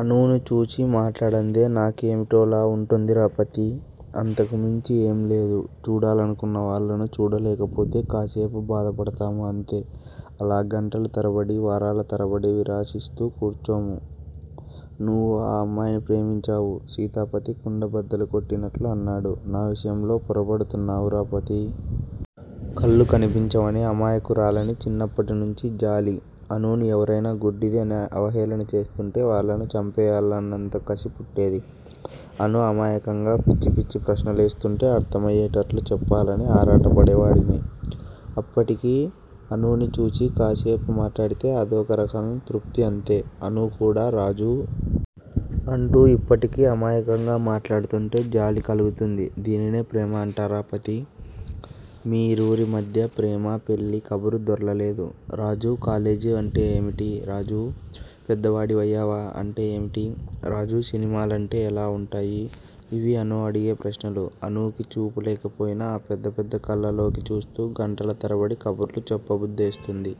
అనూని చూచి మాట్లాడందే నాకేమిటోలా వుంటుందిరా పతీ! అంతకు మించి ఏం లేదు. చూడాలనుకున్న వాళ్ళను చూడలేకపోతే కాసేపు బాదపడతాము అంతే, అలా గంటలు తరబడి వారల తరబడి విచారిస్తు కూర్చోరు. నువ్వు ఆ అమ్మాయిని ప్రేమించావు. సీతాపతి కుండ బద్దలు కొట్టినట్లు అన్నాడు. నా విషయంలో పొరబడుతున్నావురా పతీ! కళ్లు కనిపంచవని అమాయకురాలని, చిన్నప్పటి నుంచీ జాలి. అనూని ఎవరైనా గుడ్డిది అని అవహేళన చేస్తుంటే, వాళ్ళను చంపెయ్యాలన్నంత కసి పుట్టేది. అనూ అమాయకంగా పిచ్చి పిచ్చి ప్రశ్నలేస్తుంటే అర్థమయ్యేటట్లు చెప్పాలని ఆరాటపడేవాడని. ఇప్పటికీ అనూని చూచి కాసేపు మాట్లాడితే అదోక రకం తృప్తి అంతే, అనూ కూడ రాజూ! అంటూ ఇప్పటికీ అమాయకంగా మాట్లాడుతుంటే జాలి కలుగుతుంది దీనినే ప్రేమ అంటారా పతీ? మీ ఇరువురి మధ్య ప్రేమా, పెళ్లి కబురు దొర్లలేదు. రాజూ! కాలేజీ అంటే ఏమటి? రాజూ! పెద్దవాడివయ్యావా? అంటే ఏమిటి? రాజూ సినిమా లంటె ఎలా ఉంటాయి? ఇవీ అనూ అడిగే ప్రశ్నలు, అనూకి చూపు లేకపోయినా ఆ పెద్ద పెద్ద కళ్లల్లోకి చూస్తు గంటల తరబడి కబుర్లు చెప్పబుద్దేస్తుంది.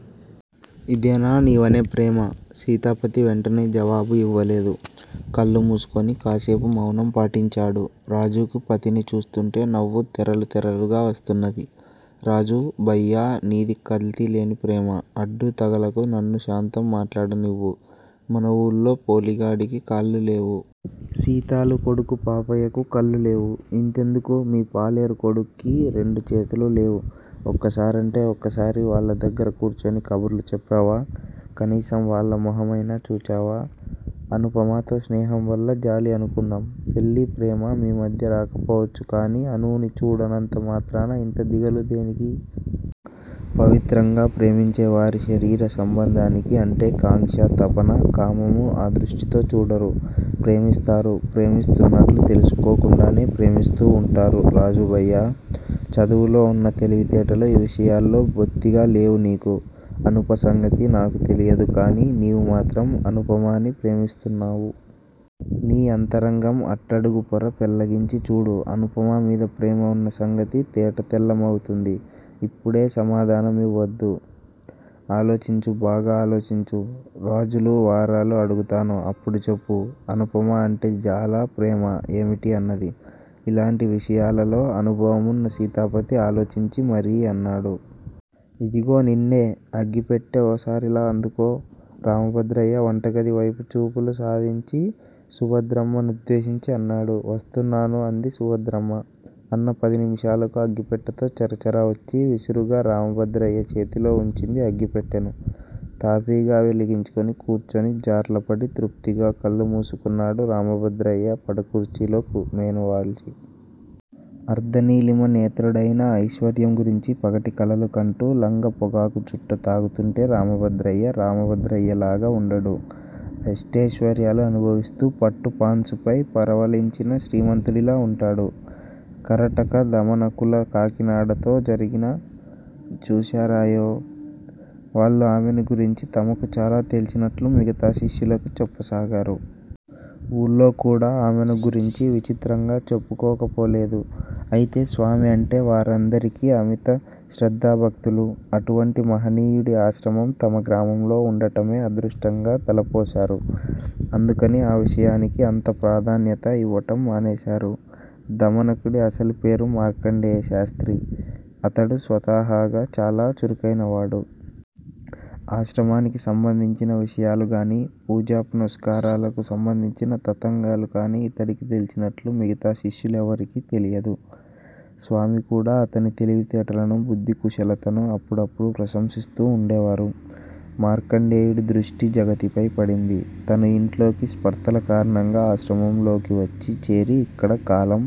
ఇదేనా నీవనే ప్రేమ? సీతాపతి వెంటనే జవాబు ఇవ్వలేదు. కళ్ళుమూసుకుని కాసేపు మౌనం పాటించాడు. రాజుకి పతిని చూస్తుంటే నవ్వు తెరలు తెరలుగా వస్తున్నది. రాజూ భయ్యా! నీది కల్తీలేని ప్రేమ, అడ్డు తగలకు, నన్ను సాంతం మాట్లాడనివ్వు, మన వూళ్ళో పోలి గాడికి కాళ్ళు లేవు. సీతాలు కొడుకు పాపయ్యకు కళ్ళు లేవు. ఇంతెందుకు మీ పాలేరు కొడుక్కి రెండు చేతులు లేవు. ఒక్కసారంటే ఒక్కసారి వాళ్ళ దగ్గర కూర్చుని కబుర్లు చెప్పావా? కనీసం వాళ్ళ మొహమయినా చూచావా? అనుపమతో స్నేహం వల్ల జాలి అనుకుందాం, పెళ్ళి ప్రేమ మీ మధ్య రాకపోవచ్చు కానీ అనూని చూడనంత మాత్రాన ఇంత దిగులు దేనికి? పవిత్రంగా ప్రేమించేవారు శరీర సంబంధానికి అంటే కాంక్ష, తపన. కామము ఆ దృష్టితో చూడరు. ప్రేమిస్తారు, ప్రేమిస్తున్నట్లు తెలుసుకోకుండానే ప్రేమిస్తూ వుంటారు రాజూ భయ్యా! చదవులో వున్న తెలివితేటలు ఈ విషయాల్లో బొత్తిగా లేవు నీకు అనుప సంగతి నాకు తెలియదు కాని, నీవు మాత్రం అనుపమని ప్రేమిస్తున్నావు. నీ అంతరంగం అట్టడుగుపొర పెళ్ళగించి చూడు. అనుపమ మీద ప్రేమ వున్న సంగతి తేటతెల్లమవుతుంది. ఇప్పుడే సమాధాన మివ్వవద్దు. ఆలోచించు బాగా ఆలోచించు. రాజులు, వారాలు ఆగుతాను, అప్పుడు చెప్పు. అనుపమ అంటే జాలా? ప్రేమా? ఏమిటీ అన్నది! ఇలాంటి విషయాలలో అనుభవమున్న సీతాపతి ఆలోచించి మరీ అన్నాడు. ఇదిగో నిన్నే! అగ్గిపెట్టె ఓసారిలా అందుకో. రామభద్రయ్య వంటగది వైపు చూపులు సారించి సుభద్రమ్మనుద్దేశించి అన్నాడు. వస్తున్నాను అంది సుభద్రమ్మ. అన్న పదినిమిషాలకు అగ్గిపెట్టెతో చర చర వచ్చి విసురుగా రామభద్రయ్య చేతిలో వుంచింది అగ్గి పెట్టెను. తాపీగా వెలిగించుకుని కుర్చీకి జార్ల పడి తృప్తిగా కళ్ళు మూసుకున్నాడు రామభద్రయ్య పడకూర్చీలో మేనువాల్చి. అర్దనీలిమ నేత్రుడయిన, ఐశ్వర్యం గురించి పగటి కలలు కంటూ లంక పొగాకు చుట్ట తాగుతుంటే రామభద్రయ్య, రామభద్రయ్యలాగా వుండడు. అష్టెశ్వర్యాలు అనుభవిస్తూ పట్టు పాన్సుపై పవళించిన శ్రీమంతుడిలా వుంటాడు. కరటక, దమనకులు కాకినాడలో జగతిని చూశారాయె! వాళ్ళు ఆమెని గురించి తమకు చాలా తెలిసినట్లు మిగతా శిష్యులకు చెప్పసాగారు. ఊళ్ళో కూడా ఆమెను గురించి విచిత్రంగా చెప్పుకోకపోలేదు. అయితే స్వామి అంటే వారందరికీ అమిత శ్రద్ధా భక్తులు. అటువంటి మహనీయుడి ఆశ్రమం తమ గ్రామంలో వుండటమే అదృష్టంగా తలపోశారు. అందుకని ఆ విషయానికి అంత ప్రాధాన్యత యివ్వటం మానేశారు. దమనకుడి అసలుపేరు మార్కండేయశాస్త్రి. అతడు స్వతహాగా చాలా చురుకైనవాడు. ఆశ్రమానికి సంబంధించిన విషయాలుగానీ, పూజా పునస్కారాలకు సబంధించిన తతంగాలు కానీ అతనికి తెలిసినట్లు మిగతా శిష్యులెవరికీ తెలియదు. స్వామికూడా అతని తెలివి తేటలనూ, బుద్ధి కుశలతనూ అప్పుడప్పుడు ప్రశంసిస్తూ వుండేవారు. మార్కండేయుడి దృష్టి జగతిపై పడింది. తను యింట్లోని స్పర్థల కారణంగా ఆశ్రమంలోకి వచ్చి చేరి యిక్కడ కాలం